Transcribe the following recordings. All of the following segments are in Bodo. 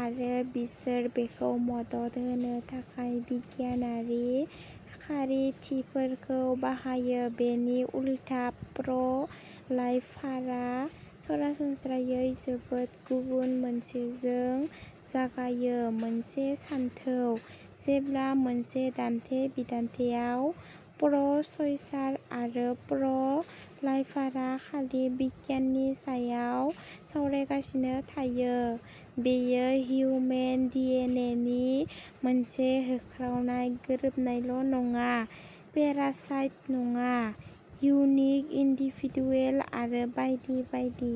आरो बिसोर बेखौ मदद होनो थाखाय बिगियानारि खारिथिफोरखौ बाहायो बेनि उलथा, प्र' लाइफारआ सरासनस्रायै जोबोद गुबुन मोनसेजों जागायो मोनसे सानथौ। जेब्ला मोनसे दान्थे-बिदान्थेयाव प्र'- च'इसार आरो प्र'- लाइफारआ खालि बिगियाननि सायाव सावरायगासिनो थायो, बेयो हिउमेन डिएनए नि मोनसे होख्रावनाय गोरोबनायल नङा, पेरासाइट नङा, इउनिक इन्डिभिडुएल आरो बायदि बायदि।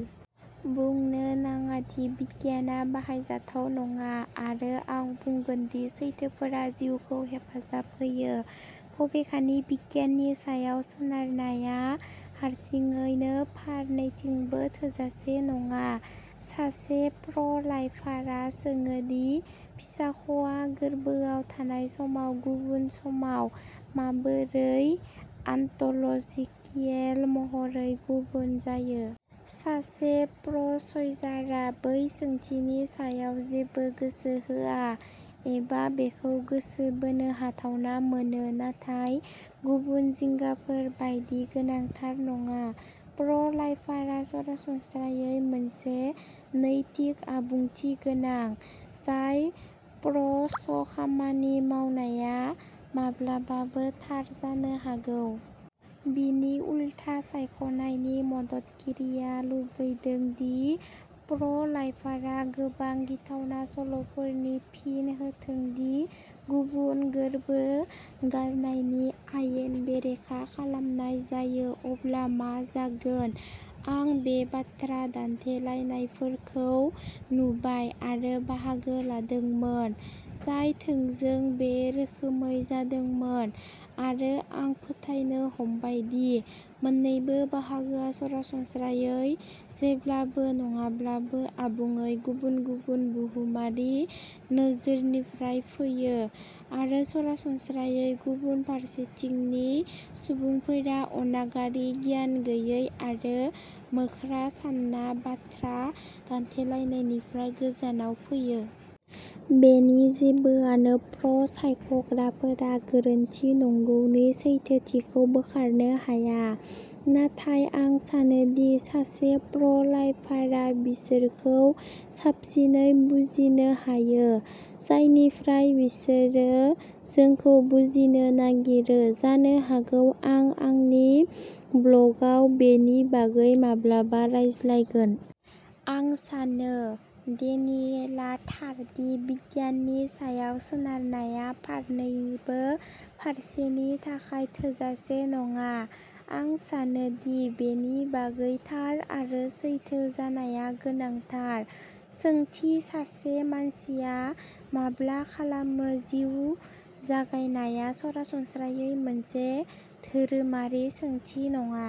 बुंनो नाङा दि बिगियानआ बाहायजाथाव नङा, आरो आं बुंगोन दि सैथोफोरा जिउखौ हेफाजाब होयो। बबेखानि, बिगियाननि सायाव सोनारनाया हारसिङैनो फारनैथिंबो थोजासे नङा। सासे प्र'- लाइफारआ सोङो दि फिसाख'आ गोर्बोआव थानाय समाव गुबुन समाव माबोरै आनत'ल'जिकेल महरै गुबुन जागोन। सासे प्र'- च'इसारआ बै सोंथिनि सायाव जेबो गोसो होआ, एबा बेखौ गोसो बोनो हाथावना मोनो नाथाय गुबुन जिंगाफोर बायदि गोनांथार नङा। प्र'- लाइफारआ सरासनस्रायै मोनसे नैतिक आबुंथि गोनां, जाय प्र'- च' खामानि मावनाया माब्लाबाबो थार जानो हागौ। बिनि उलथा, सायख'नायनि मददगिरिआ लुबैदों दि प्र'- लाइफारआ गोबां गिथावना सल'फोरनि फिन होथों दि जुदि गोर्बो गारनायखौ आयेन बेरेखा खालामनाय जायो अब्ला मा जागोन। आं बे बाथ्रा दान्थेलायनायफोरखौ नुबाय आरो बाहागो लादोंमोन, जाय थोंजों बे रोखोमै जादोंमोन, आरो आं फोथायनो हमबाय दि मोन्नैबो बाहागोआ सरासनस्रायै, जेब्लाबो नङाब्लाबो, आबुङै गुबुन-गुबुन बुहुमारि नोजोरनिफ्राय फैयो, आरो सरासनस्रायै गुबुन फारसेथिंनि सुबुंफोरा अनागारि, गियान गैयै आरो मोख्रा सानना बाथ्रा दान्थेलायनायनिफ्राय गोजानाव फैयो। बेनि जेबोआनो प्र'- सायख'ग्राफोरा गोरोन्थि नंगौनि सैथोथिखौ बोखारनो हाया, नाथाय आं सानो दि सासे प्र'- लाइफारआ बिसोरखौ साबसिनै बुजिनो हायो, जायनिफ्राय बिसोरो जोंखौ बुजिनो नागिरो जानो हागौ आं आंनि ब्लगआव बेनि बागै माब्लाबा रायज्लायगोन। आं सानो डेनियेलआ थार दि बिगियाननि सायाव सोनारनाया फारनैबो फारसेनि थाखाय थोजासे नङा, आं सानो दि बेनि बागै थार आरो सैथो जानाया गोनांथार। सोंथि सासे मानसिया माब्ला खालामो जिउ जागायनाया सरासनस्रायै मोनसे धोरोमारि सोंथि नङा।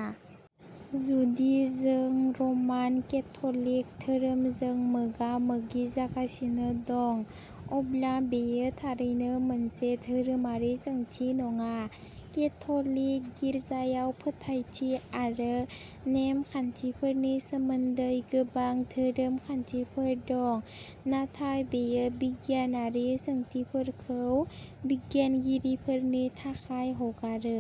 जुदि जों रमान केथ'लिक धोरोमजों मोगा-मोगि जागासिनो दं, अब्ला बेयो थारैनो मोनसे धोरोमारि सोंथि नङा। केथ'लिक गिर्जायाव फोथायथि आरो नेम खान्थिफोरनि सोमोन्दै गोबां धोरोम खान्थिफोर दं, नाथाय बेयो बिगियानारि सोंथिफोरखौ बिगियानगिरिफोरनि थाखाय हगारो।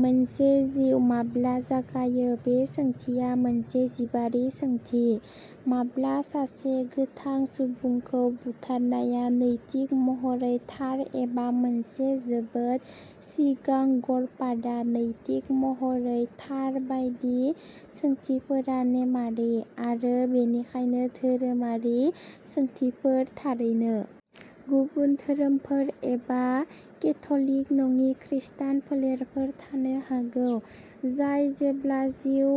मोनसे जिउ माब्ला जागायो बे सोंथिया मोनसे जिबारि सोंथि। माब्ला सासे गोथां सुबुंखौ बुथारनाया नैतिक महरै थार एबा मोनसे जोबोद सिगां गर्भपातआ नैतिक महरै थार बायदि सोंथिफोरा नेमआरि, आरो बेनिखायनो धोरोमारि सोंथिफोर। थारैनो गुबुन धोरोमफोर, एबा केथ'लिक नङि खृस्टान फोलेरफोर थानो हागौ, जाय जेब्ला जिउ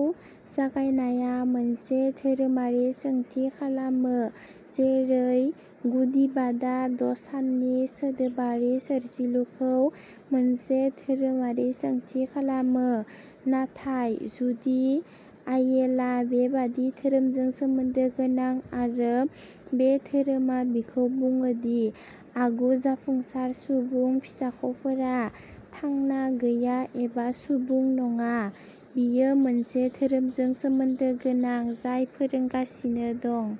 जागायनाया मोनसे धोरोमारि सोंथि खालामो, जेरै गुदिबादआ द'साननि सोदोबारि सोरजिलुखौ मोनसे धोरोमारि सोंथि खालामो, नाथाय जुदि आइयेला बेबादि धोरोमजों सोमोन्दो गोनां आरो बे धोरोमा बिखौ बुङो दि आगु-जाफुंसार सुबुं फिसाख'फोरा थांना गैया एबा सुबुं नङा, बियो मोनसे धोरोमजों सोमोन्दो गोनां जाय फोरोंगासिनो दं।